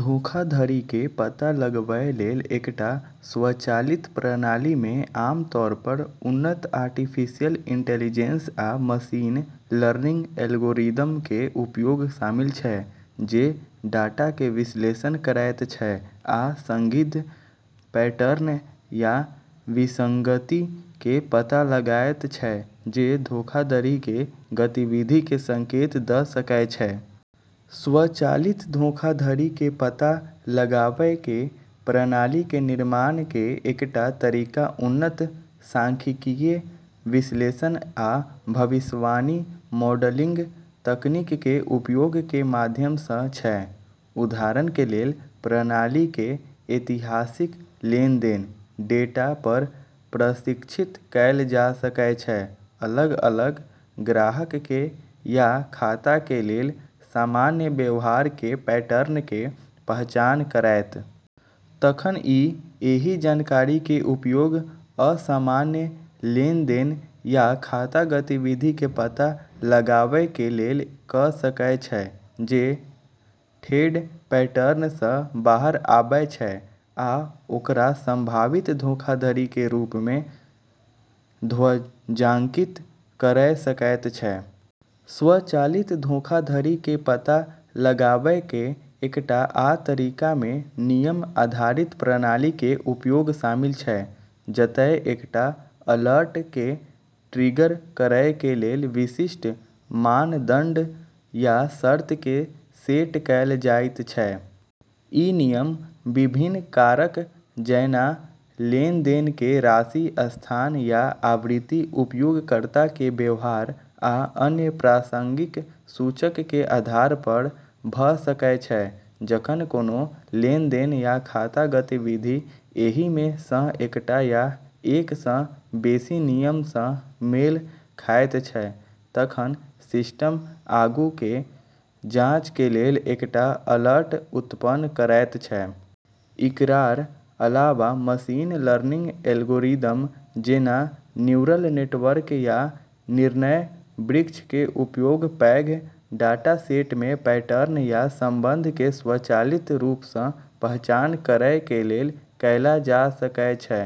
धोखाधड़ी के पता लगवय लेल एकटा स्वचालित प्रणाली मे आमतौर पर उन्नत आर्टिफिशियल इंटेलिजेंस आ मशीन लर्निंग एल्गोरिदम के उपयोग शामिल छै, जे डाटा के विश्लेषण करैत छै आ संदिग्ध पैटर्न या विसंगति के पता लगायत छै जे धोखाधड़ी के गतिविधि के संकेत दऽ सकय छै। स्वचालित धोखाधड़ी के पता लगावय के प्रणाली के निर्माण के एकटा तरीका उन्नत सांख्यिकीय विश्लेषण आ भविष्यवाणी मॉडलिंग तकनीक के उपयोग के माध्यम से छै। उदाहरण के लेल, प्रणाली के ऐतिहासिक लेनदेन डेटा पर प्रशिक्षित कैल जा सकय छै, अलग-अलग ग्राहक के या खाता के लेल सामान्य व्यवहार के पैटर्न के पहचान करैत। तखन ई एहि जानकारी के उपयोग असामान्य लेनदेन या खाता गतिविधि के पता लगावय के लेल कऽ सकय छै जे ठेठ पैटर्न से बाहर आबै छै आ ओकरा संभावित धोखाधड़ी के रूप मे ध्वजांकित करय सकैत छै। स्वचालित धोखाधड़ी के पता लगावय के एकटा आ तरीका मे नियम आधारित प्रणाली के उपयोग शामिल छै, जतय एकटा अलर्ट के ट्रिगर करय के लेल विशिष्ट मानदंड या शर्त के सेट कैल जाइत छै। ई नियम विभिन्न कारक जैना लेनदेन के राशि, स्थान या आवृत्ति, उपयोगकर्ता के व्यवहार, आ अन्य प्रासंगिक सूचक के आधार पर भऽ सकय छै। जखन कोनो लेनदेन या खाता गतिविधि एहि मे से एकटा या एक सँ बेसि नियम सँ मेल खायत छै, तखन सिस्टम आगू के जाँच के लेल एकटा अलर्ट उत्पन्न करैत छै। इकरार अलावा मशीन लर्निंग एल्गोरिदम जेना न्यूरल नेटवर्क या निर्णय वृक्ष के उपयोग पैघ डाटासेट मे पैटर्न या संबंध के स्वचालित रूप से पहचान करय के लेल कैल जा सकय छै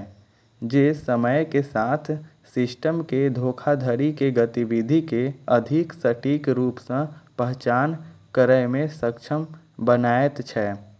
जे समय के साथ सिस्टम के धोखाधड़ी के गतिविधि के अधिक सटीक रूप से पहचान करय मे सक्षम बनायत छै।